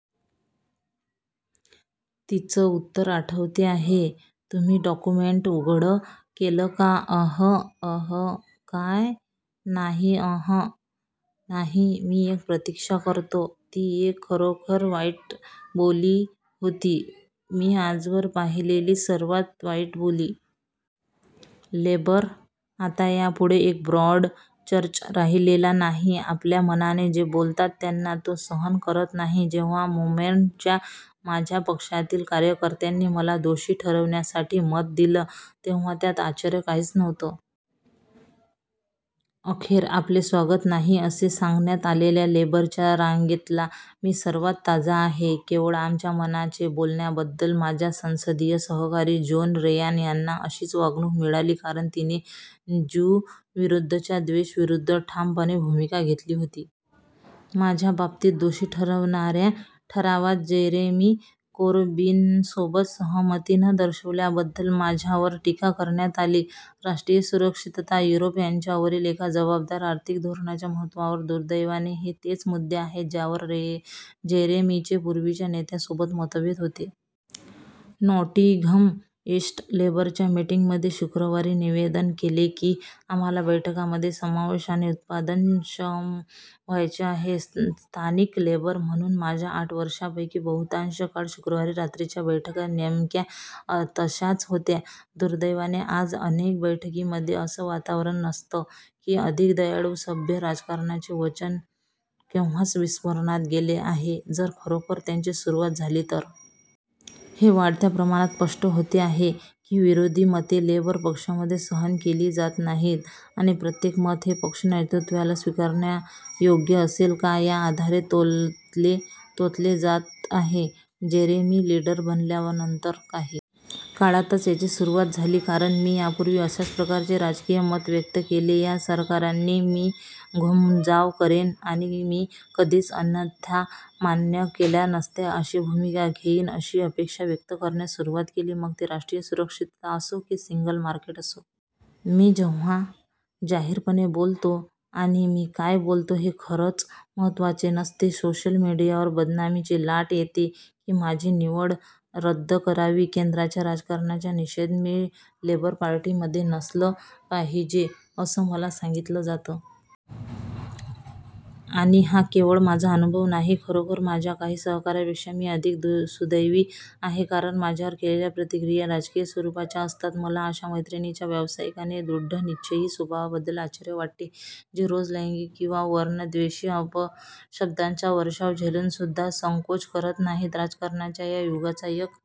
तिचं उत्तर आठवते आहे? तुम्ही डॉक्युमेंट उघड केले का? अह, अह, काय. नाही, अह नाही, मी एक प्रतीक्षा करतो – ती एक खरोखर वाईट देह बोली होती – मी आजवर पाहिलेली सर्वात वाईट देह बोली. " लेबर आता यापुढे एक ब्रॉड चर्च राहिलेला नाही. आपल्या मनाने जे बोलतात त्यांना तो सहन करत नाही जेव्हा मोमेन्टमच्या माझ्या पक्षातील कार्यकर्त्यांनी मला दोषी ठरविण्यासाठी मत दिलं, तेव्हा त्यात आश्चर्य काहीच नव्हतं. अखेर, आपले स्वागत नाही असे सांगण्यात आलेल्या लेबर च्या रांगेतला मी सर्वात ताजा आहे – केवळ आमच्या मनाचे बोलल्याबद्दल. माझ्या संसदीय सहकारी जोन रेयान यांना अशीच वागणूक मिळाली कारण तिने ज्यूंविरुद्धच्या द्वेषाविरुद्ध ठामपणे भूमिका घेतली होती. माझ्या बाबतीत, दोषी ठरवणाऱ्या ठरावात जेरेमी कोरबिनसोबत सहमती न दर्शवल्याबद्दल माझ्यावर टीका करण्यात आली. राष्ट्रीय सुरक्षितता, युरोप यांच्यावरील एका जबाबदार आर्थिक धोरणाच्या महत्वावर, दुर्दैवाने हे तेच मुद्दे आहेत ज्यावर जेरेमीचे पूर्वीच्या नेत्यांसोबत मतभेद होते. नॉटिंघम ईस्ट लेबरच्या मीटिंगमध्ये शुक्रवारी निवेदन केले की "आम्हाला बैठकांमध्ये समावेशक आणि उत्पादनक्षम व्हायचे आहे. " स्थानिक लेबर म्हणून माझ्या आठ वर्षांपैकी बहुतांश काळ, शुक्रवारी रात्रीच्या बैठका नेमक्या तशाच होत्या. दुर्दैवाने आज, अनेक बैठकींमध्ये असं वातावरण नसतं आणि "अधिक दयाळू, सभ्य," राजकारणाचे वचन केव्हाच विस्मरणात गेले आहे जर, खरोखर त्याची सुरुवात झाली तर. हे वाढत्या प्रमाणात स्पष्ट होते आहे की विरोधी मते लेबर पक्षामध्ये सहन केली जात नाहीत आणि प्रत्येक मत हे पक्ष नेतृत्वाला स्विकारण्यायोग्य असेल का या आधारे तोलले जात आहे. जेरेमी लिडर बनल्यानंतर काही काळातच याची सुरुवात झाली, कारण मी यापूर्वी अशाच प्रकारचे राजकीय मत व्यक्त केले त्या सहकाऱ्यांनी मी घूमजाव करेन आणि मी कधीच अन्यथा मान्य केल्या नसत्या अशी भूमिका घेईन अशी अपेक्षा व्यक्त करण्यास सुरुवात केली – मग ते राष्ट्रीय सुरक्षितता असो किंवा सिंगल मार्केट असो. मी जेव्हा जाहीरपणे बोलतो – आणि मी काय बोलतो हे खरंच महत्वाचे नसते – सोशल मीडियावर बदनामीची लाट येते की माझी निवड रद्द करावी, केंद्राच्या राजकारणाचा निषेध, मी लेबर पार्टीमध्ये नसलं पाहिजे असं मला सांगितलं जातं. आणि हा केवळ माझा अनुभव नाही. खरोखर, माझ्या काही सहकाऱ्यांपेक्षा मी अधिक सुदैवी आहे कारण माझ्यावर केलेल्या प्रतिक्रिया राजकीय स्वरुपाच्या असतात. मला अशा मैत्रिणींच्या व्यावसायिक आणि दृढनिश्चयी स्वभावाबद्दल आश्चर्य वाटते, जे रोज लैंगिक किंवा वर्णद्वेषी अपशब्दांचा वर्षाव झेलून सुद्धा संकोच करत नाहीत. राजकारणाच्या या युगाचा एक